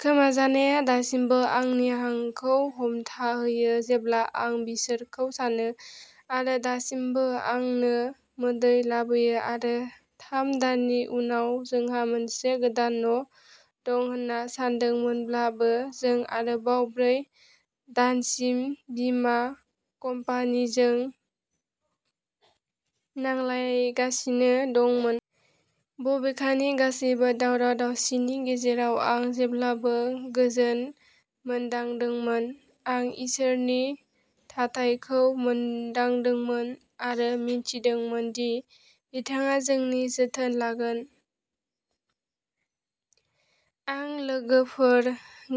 खोमाजानायआ दासिमबो आंनि हांखौ हमथाहोयो जेब्ला आं बिसोरखौ सानो आरो दासिमबो आंनो मोदै लाबोयो। आरो थाम दाननि उनाव जोंहा मोनसे गोदान न' दं होन्ना सानदोंमोनब्लाबो, जों आरोबाव ब्रै दानसिम बिमा कम्पानिजों लायगासिनो दंमोन। बबेखानि, गासैबो दावराव-दावसिनि गेजेराव आं जेब्लाबो गोजोन मोनदांदोंमोन। आं इसोरनि थाथायखौ मोनदांदोंमोन आरो मिन्थिदोंमोन दि बिथाङा जोंनि जोथोन लागोन। आं लोगोफोर,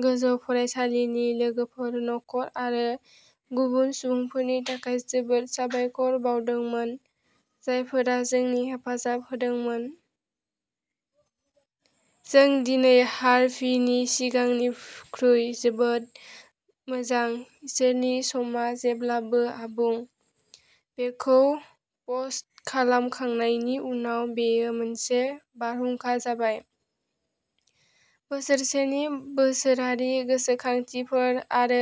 गोजौ फरायसालिनि लोगोफोर, नखर आरो गुबुन सुबुंफोरनि थाखाय जोबोद साबायखर बावदोंमोन, जायफोरा जोंनि हेफाजाब होदोंमोन। जों दिनै हार्भिनि सिगांनिख्रुइ जोबोद मोजां। इसोरनि समा जेब्लाबो आबुं। "बेखौ पस्ट खालामखांनायनि उनाव बेयो मोनसे बारहुंखा जाबाय। बोसोरसेनि बोसोरारि गोसोखांथिफोर आरो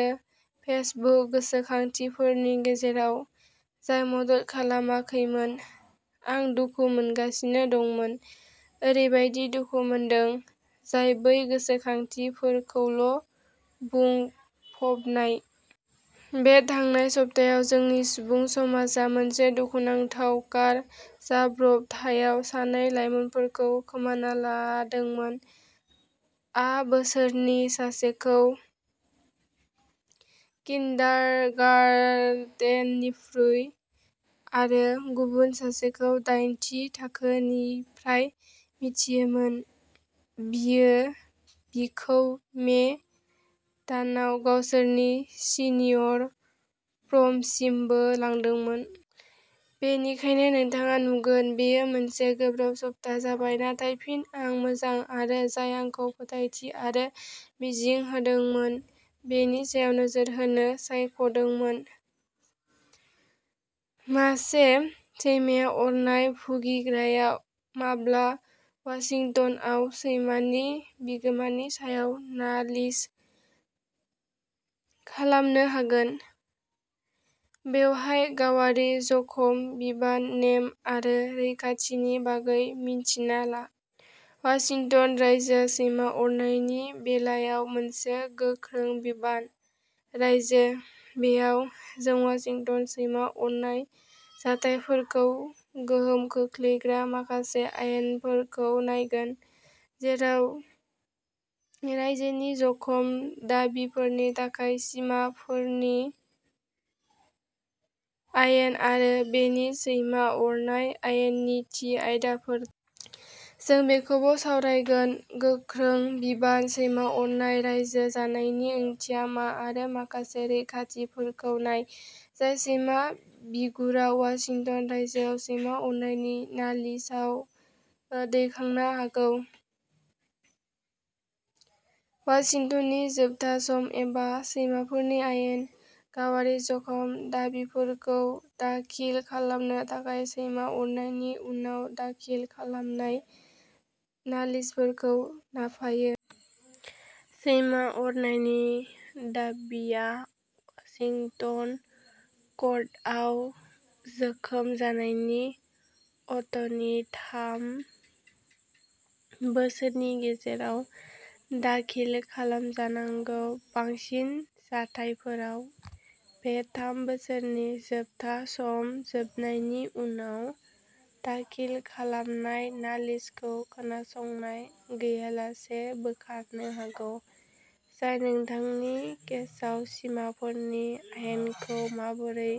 फेसबुक गोसोखांथिफोरनि गेजेराव, जाय मदद खालामाखैमोन, आं दुखु मोनगासिनो दंमोन। ओरैबायदि दुखु मोनदों, जाय बै गोसोखांथिफोरखौल'बुंफबनाय। बे थांनाय सप्तायाव जोंनि सुबुं समाजआ मोनसे दुखुनांथाव कार जाब्रबथायाव सानै लाइमोनफोरखौ खोमाना लादोंमोन। आ बिसोरनि सासेखौ किन्डारगार्टेननिफ्राय आरो गुबुन सासेखौ दाइन थि थाखोनिफ्राय मिथियोमोन, बियो बिखौ मे दानाव गावसोरनि सिनियर प्रमसिमबो लांदोंमोन। बेनिखायनो नोंथाङा नुगोन बेयो मोनसे गोब्राब सप्ता जाबाय। नाथाय फिन आं मोजां आरो जाय आंखौ फोथायथि आरो मिजिं होदोंमोन, बेनि सायाव नोजोर होनो सायख'दोंमोन। मासे सैमाया अरनाय भुगिग्राया माब्ला वाशिंटनआव सैमानि बिगोमानि सायाव नालिस खालामनो हागोन, बेवहाय गावारि जखम बिबान नेम आरो रैखाथिनि बागै मिन्थिना ला। वाशिंटन रायजोआ सैमा अरनायनि बेलायाव मोनसे "गोख्रों बिबान" रायजो। बेयाव, जों वाशिंटन सैमा अरनाय जाथायफोरखौ गोहोम खोख्लैग्रा माखासे आयेनफोरखौ नायगोन, जेराव रायजोनि जखम दाबिफोरनि थाखाय सिमाफोरनि आयेन आरो बेनि सैमा अरनाय आयेननि थि आयदाफोर दं। जों बेखौबो सावरायगोन। "गोख्रों बिबान" सैमा अरनाय रायजो जानायनि ओंथिया मा आरो माखासे रैखाथिफोरखौ नाय जाय सैमा बिगुरा वाशिंटन रायजोआव सैमा अरनायनि नालिसाव दैखांनो हागौ। वाशिंटननि जोबथा सम, एबा "सिमाफोरनि आयेन", गावारि जखम दाबिफोरखौ दाखिल खालामनो थाखाय सैमा अरनायनि उनाव दाखिल खालामनाय नालिसफोरखौ लाफायो। सैमा अरनायनि दाबिआ वाशिंटन कर्टआव जोखोम जानायनि अट'नि थाम बोसोरनि गेजेराव दाखिल खालामजानांगौ, बांसिन जाथायफोराव। बे थाम बोसोरनि जोबथा सम जोबनायनि उनाव दाखिल खालामनाय नालिसखौ खोनासंनाय गैयालासे बोखारनो हागौ, जाय नोंथांनि केसाव सिमाफोरनि आयेनखौ माबोरै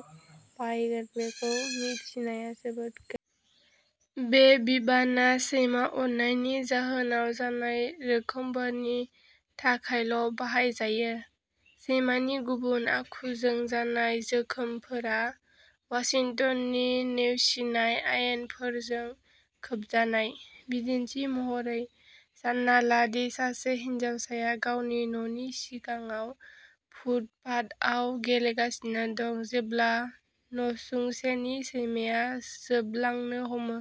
बाहायगोन बेखौ मिथिनाया जोबोद गोनांथा। बे बिबानआ सैमा अरनायनि जाहोनाव जानाय जोखोमफोरनि थाखायल'बाहायजायो। सैमानि गुबुन आखुजों जानाय जोखोमफोरा वाशिंटननि नेवसिनाय आयेनफोरजों खोबजानाय। बिदिन्थि महरै, सानना ला दि सासे हिनजावसाया गावनि न'नि सिगाङाव फुटपाथआव गेलेगासिनो दं जेब्ला नसुंसेनि सैमाया जोबलांनो हमो।